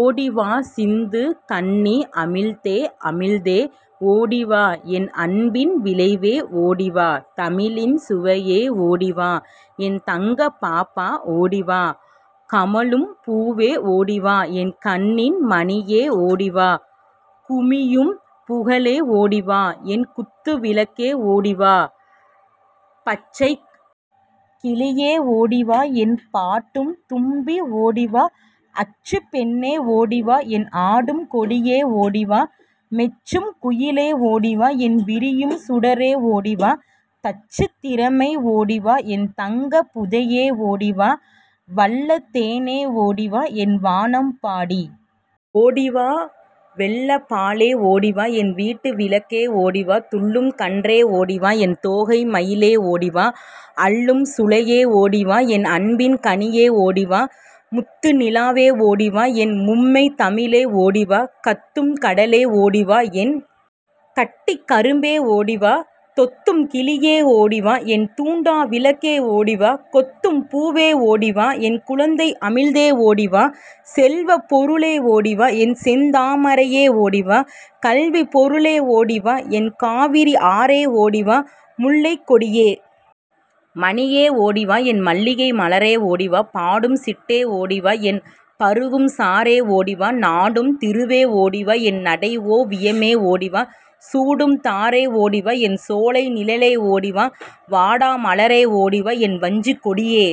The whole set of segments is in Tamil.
ஓடி வா சிந்து கண்ணி அமிழ்தே அமிழ்தே ஓடிவா என் அன்பின் விளைவே ஓடிவா தமிழின் சுவையே ஓடிவா என் தங்கப் பாப்பா ஓடிவா கமழும் பூவே ஓடிவா என் கண்ணின் மணியே ஓடிவா குமியும் புகழே ஓடிவா என் குத்து விளக்கே ஓடிவா பச்சைக் கிளியே ஓடிவா என் பாடும் தும்பி ஓடிவா அச்சுப் பெண்ணே ஓடிவா என் ஆடும் கொடியே ஓடிவா மெச்சும் குயிலே ஓடிவா என் விரியும் சுடரே ஓடிவா தச்சுத் திறமை ஓடிவா என் தங்கப் புதையே ஓடிவா வள்ளத் தேனே ஓடிவா என் வானம் பாடி ஓடிவா வெள்ளப் பாலே ஓடிவா என் வீட்டு விளக்கே ஓடிவா துள்ளும் கன்றே ஓடிவா என் தோகை மயிலே ஓடிவா அள்ளும் சுளையே ஓடிவா என் அன்பின் கனியே ஓடிவா முத்து நிலாவே ஓடிவா என் மும்மைத் தமிழே ஓடிவா கத்தும் கடலே ஓடிவா என் கட்டிக் கரும்பே ஓடிவா தொத்தும் கிளியே ஓடிவா என் தூண்டா விளக்கே ஓடிவா கொத்துப் பூவே ஓடிவா என் குழந்தை அமிழ்தே ஓடிவா செல்வப் பொருளே ஓடிவா என் செந்தா மரையே ஓடிவா கல்விப் பொருளே ஓடிவா என் காவிரி ஆறே ஓடிவா முல்லைக் கொடியே மணியே ஓடிவா என் மல்லிகை மலரே ஓடிவா பாடும் சிட்டே ஓடிவா என் பருகும் சாறே ஓடிவா நாடும் திருவே ஓடிவா என் நடைஓ வியமே ஓடிவா சூடும் தாரே ஓடிவா என் சோலை நிழலே ஓடிவா வாடா மலரே ஓடிவா என் வஞ்சிக் கொடியே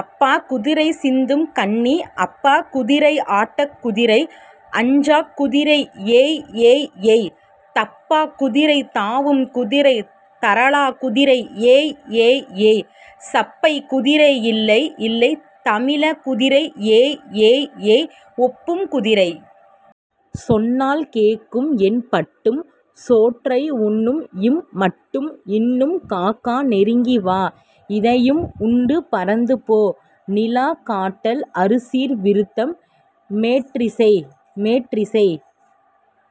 அப்பாக் குதிரை சிந்துக் கண்ணி அப்பாக் குதிரை ஆட்டக் குதிரை அஞ்சாக் குதிரை ஏய் ஏய் ஏய் தப்பாக் குதிரை தாவும் குதிரை தளராக் குதிரை ஏய் ஏய் ஏய் சப்பைக் குதிரை இல்லை இல்லை தமிழக் குதிரை ஏய் ஏய் ஏய் ஒப்பும் குதிரை சொன்னால் கேட்கும் என்பட்டும் சோற்றை உண்ணும் இம் மட்டும் இன்னும் காக்கா நெருங்கிவா இதையும் உண்டு பறந்துபோ. நிலாக் காட்டல் அறுசீர் விருத்தம் மேற்றிசைமேற்றிசை